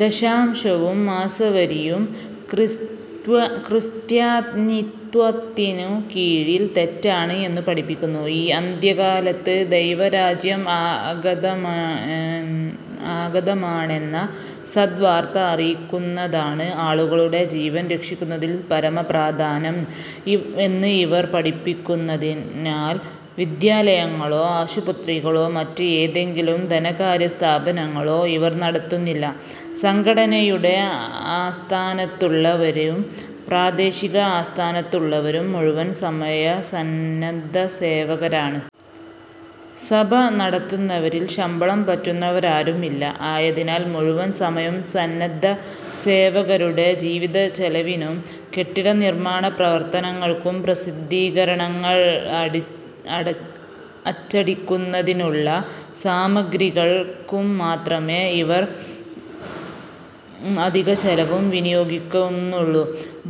ദശാംശവും, മാസവരിയും ക്രിസ്ത്യാനിത്വത്തിനു കീഴിൽ തെറ്റാണ് എന്ന് പഠിപ്പിക്കുന്നു. ഈ അന്ത്യകാലത്ത് ദൈവരാജ്യം ആഗതമാണെന്ന സദ് വാർത്ത അറിയിക്കുന്നതാണ് ആളുകളുടെ ജീവൻ രക്ഷിക്കുന്നതിൽ പരമപ്രാധാനം എന്ന് ഇവർ പഠിപ്പിക്കുന്നതിനാൽ വിദ്യാലയങ്ങളോ, ആശുപത്രികളോ മറ്റ് എതെങ്കിലും ധനകാര്യസ്ഥാപനങ്ങളോ ഇവർ നടത്തുന്നില്ല. സംഘടനയുടെ ആസ്ഥാനത്തുള്ളവരും, പ്രാദേശിക ആസ്ഥാനത്തുള്ളവരും മുഴുവൻ സമയ സന്നദ്ധസേവകരാണ്. സഭ നടത്തുന്നവരിൽ ശമ്പളം പറ്റുന്നവരാരും ഇല്ല. ആയതിനാൽ മുഴുവൻ സമയവും സന്നദ്ധ സേവകരുടെ ജീവിതചെലവിനും, കെട്ടിട നിർമ്മാണപ്രവർത്തനങ്ങൾക്കും, പ്രസിദ്ധീകരണങ്ങൾ അച്ചടിക്കുന്നതിനുള്ള സാമഗ്രികൾക്കും മാത്രമേ ഇവർ അധിക ചെലവും വിനിയോഗിക്കുന്നുള്ളു.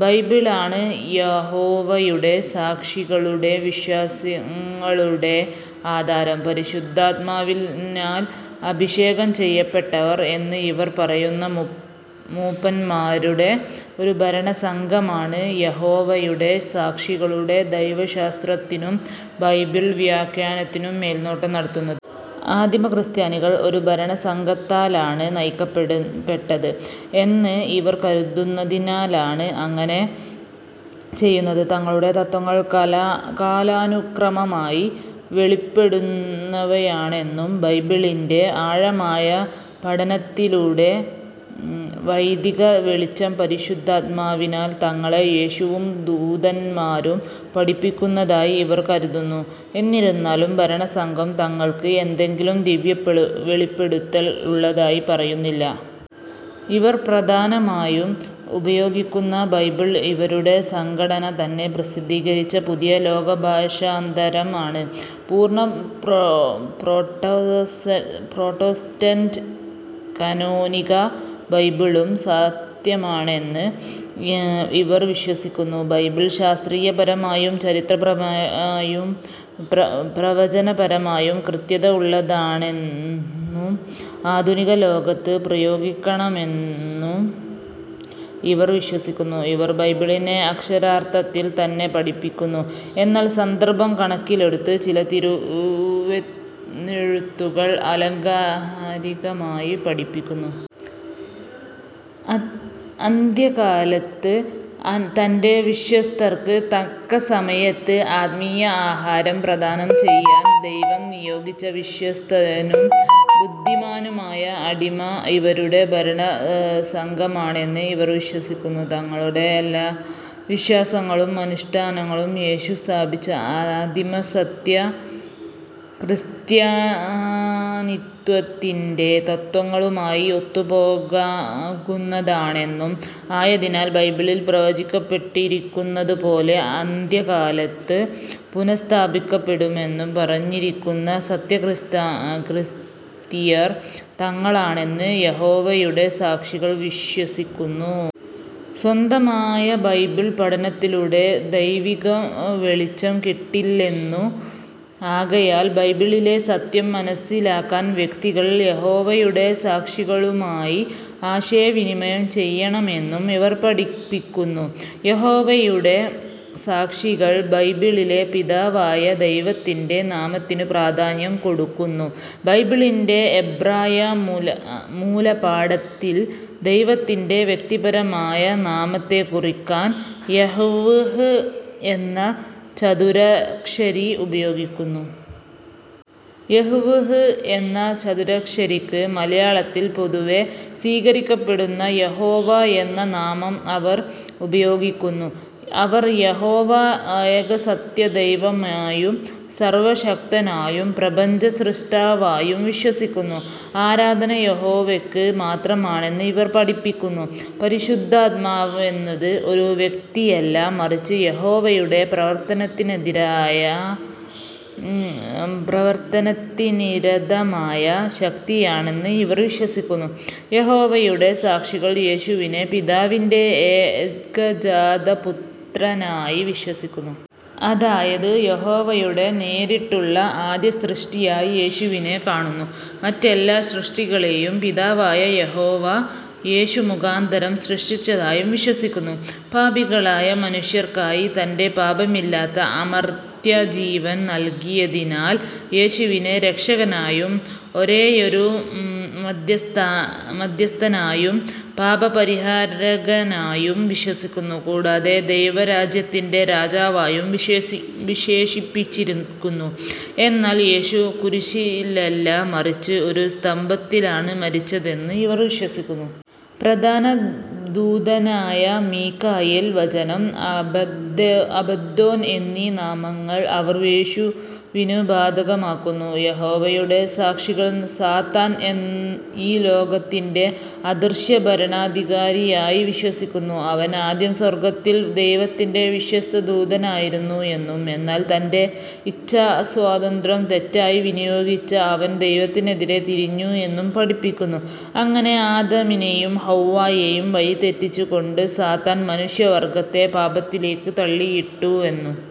ബൈബിളാണ് യഹോവയുടെ സാക്ഷികളുടെ വിശ്വാസങ്ങളുടെ ആധാരം. പരിശുദ്ധാത്മാവിനാൽ അഭിഷേകം ചെയ്യപ്പെട്ടവർ എന്ന് ഇവർ പറയുന്ന മൂപ്പന്മാരുടെ ഒരു ഭരണസംഘമാണ് യഹോവയുടെ സാക്ഷികളുടെ ദൈവശാസ്ത്രത്തിനും, ബൈബിൾ വ്യാഖ്യാനത്തിനും മേൽനോട്ടം നടത്തുന്ന. ആദിമ ക്രിസ്ത്യാനികൾ ഒരു ഭരണസംഘത്താലാണ് നയിക്കപ്പെട്ടത് എന്ന് ഇവർ കരുതുന്നതിനാലാണ് അങ്ങനെ ചെയ്യുന്നത്. തങ്ങളുടെ തത്ത്വങ്ങൾ കാലാനുക്രമമായി വെളിപ്പെടുന്നവയാണെന്നും, ബൈബിളിന്റെ ആഴമായ പഠനത്തിലൂടെ വൈദിക വെളിച്ചം പരിശുദ്ധാത്മാവിനാൽ തങ്ങളെ യേശുവും, ദൂതന്മാരും പഠിപ്പിക്കുന്നതായി ഇവർ കരുതുന്നു. എന്നിരുന്നാലും ഭരണസംഘം തങ്ങൾക്ക് എന്തെങ്കിലും ദിവ്യവെളിപ്പെടുത്തൽ ഉള്ളതായി പറയുന്നില്ല. ഇവർ പ്രധാനമായും ഉപയോഗിക്കുന്ന ബൈബിൾ ഇവരുടെ സംഘടന തന്നെ പ്രസ്ദ്ധീകരിച്ച പുതിയ ലോകഭാഷാന്തരം ആണ്. പൂർണ്ണ പ്രൊട്ടസ്റ്റന്റ് കാനോനിക ബൈബിളും സത്യമാണെന്ന് ഇവർ വിശ്വസിക്കുന്നു. ബൈബിൾ ശാസ്ത്രീയപരമായും, ചരിത്രപരമായും, പ്രവചനപരമയും കൃത്യത ഉള്ളതാണെന്നും ആധുനിക ലോകത്തും പ്രായോഗിക്കണമെന്നും ഇവർ വിശ്വസിക്കുന്നു. അവർ ബൈബിളിനെ അക്ഷരാർത്ഥത്തിൽ തന്നെ പഠിപ്പിക്കുന്നു, എന്നാൽ സന്ദർഭം കണക്കിലെടുത്ത് ചില തിരുവെഴുത്തുകൾ ആലങ്കാരികമായി പഠിപ്പിക്കുന്നു. അന്ത്യകാലത്ത് തന്റെ വിശ്വസ്തർക്ക് തക്കസമയത്ത് ആത്മീയ ആഹാരം പ്രദാനം ചെയ്യാൻ ദൈവം നിയോഗിച്ച വിശ്വസ്തനും ബുദ്ധിമാനുമായ അടിമ ഇവരുടെ ഭരണസംഘമാണെന്ന് ഇവർ വിശ്വസിക്കുന്നു. തങ്ങളുടെ എല്ലാ വിശ്വാസങ്ങളും അനുഷ്ഠാനങ്ങളും യേശു സ്ഥാപിച്ച ആദിമ "സത്യ" ക്രിസ്ത്യാനിത്വത്തിന്റെ തത്ത്വങ്ങളുമായി ഒത്തുപോകുന്നതാണെന്നും, ആയതിനാൽ ബൈബിളിൽ പ്രവചിക്കപ്പെട്ടിരിക്കുന്നതു പോലെ അന്ത്യകാലത്ത് പുനഃസ്ഥാപിക്കപ്പെടുമെന്ന് പറഞ്ഞിരിക്കുന്ന സത്യക്രിസ്തീയർ തങ്ങളാണെന്ന് യഹോവയുടെ സാക്ഷികൾ വിശ്വസിക്കുന്നു. സ്വന്തമായ ബൈബിൾ പഠനത്തിലൂടെ ദൈവിക വെളിച്ചം കിട്ടില്ലെന്നും ആകയാൽ ബൈബിളിലെ സത്യം മനസ്സിലാക്കാൻ വ്യക്തികൾ യഹോവയുടെ സാക്ഷികളുമായി ആശയവിനിമയം ചെയ്യണമെന്നും ഇവർ പഠിപ്പിക്കുന്നു യഹോവയുടെ സാക്ഷികൾ ബൈബിളിലെ പിതാവായ ദൈവത്തിന്റെ നാമത്തിനു പ്രാധാന്യം കൊടുക്കുന്നു. ബൈബിളിന്റെ എബ്രായ മൂലപാഠത്തിൽ ദൈവത്തിന്റെ വ്യക്തിപരമായ നാമത്തെകുറിക്കാൻ "യ്ഹ്വ്ഹ്" എന്ന ചതുരക്ഷരി ഉപയോഗിക്കുന്നു. "യ്ഹ്വ്ഹ്" എന്ന ചതുരക്ഷരിക്ക് മലയാളത്തിൽ പൊതുവെ സ്വീകരിക്കപ്പെടുന്ന യഹോവ എന്ന നാമം അവർ ഉപയോഗിക്കുന്നു. അവർ യഹോവ ഏകസത്യദൈവമായും, സർവ്വശക്തനായും, പ്രപഞ്ച സ്രിഷ്ടാവായും വിശ്വസിക്കുന്നു. ആരാധന യഹോവയ്ക്ക് മാത്രമാണെന്ന് ഇവർ പഠിപ്പിക്കുന്നു. പരിശുദ്ധാത്മാവെന്നത് ഒരു വ്യക്തിയല്ല മറിച്ച് യഹോവയുടെ പ്രവർത്തനത്തിനു നിരതമായ ശക്തിയാണെന്ന് ഇവർ വിശ്വസിക്കുന്നു. യഹോവയുടെ സാക്ഷികൾ യേശുവിനെ പിതാവിന്റെ ഏകജാത പുത്രനായി വിശ്വസിക്കന്നു. അതായത് യഹോവയുടെ നേരിട്ടുള്ള ആദ്യ സൃഷ്ടിയായ് യേശുവിനെ കാണുന്നു. മറ്റെല്ലാ സൃഷ്ടികളെയും പിതാവായ യഹോവ, യേശു മുഖാന്തരം സൃഷ്ടിച്ചതായും വിശ്വസിക്കുന്നു. പാപികളായ മനുഷ്യർക്കായി തന്റെ പാപമില്ലാത്ത അമർത്യ ജീവൻ നൽകിയതിനാൽ യേശുവിനെ രക്ഷകനായും, ഒരേയൊരു മദ്ധ്യസ്ഥനായും, പാപപരിഹാരകനായും വിശ്വസിക്കുന്നു. കൂടാതെ ദൈവരാജ്യത്തിന്റെ രാജാവായും വിശേഷിപ്പിച്ചിരിക്കുന്നു. എന്നാൽ യേശു കുരിശിലല്ല മറിച്ച് ഒരു സ്തംഭത്തിലാണ് മരിച്ചതെന്ന് ഇവർ വിശ്വസിക്കുന്നു. പ്രധാന ദൂതനായ മിഖായേൽ, വചനം, അബദ്ദോൻ എന്നീ നാമങ്ങൾ അവർ യേശുവിനു ബാധകമാക്കുന്നു. യഹോവയുടെ സാക്ഷികൾ സാത്താൻ ഈ ലോകത്തിന്റെ അദൃശ്യ ഭരണാധികാരിയായി വിശ്വസിക്കുന്നു. അവൻ ആദ്യം സ്വർഗ്ഗത്തിൽ ദൈവത്തിന്റെ വിശ്വസ്ത ദൂതനായിരുന്നു എന്നും, എന്നാൽ തന്റെ ഇച്ഛാസ്വാതന്ത്ര്യം തെറ്റായി വിനിയോഗിച്ച അവൻ ദൈവത്തിനെതിരെ തിരിഞ്ഞു എന്നും പഠിപ്പിക്കുന്നു. അങ്ങനെ ആദാമിനെയും ഹൗവ്വായെയും വഴിതെറ്റിച്ചുകൊണ്ട് സാത്താൻ മനുഷ്യ വർഗ്ഗത്തെ പാപത്തിലേക്ക് തള്ളിയിട്ടുവെന്നും,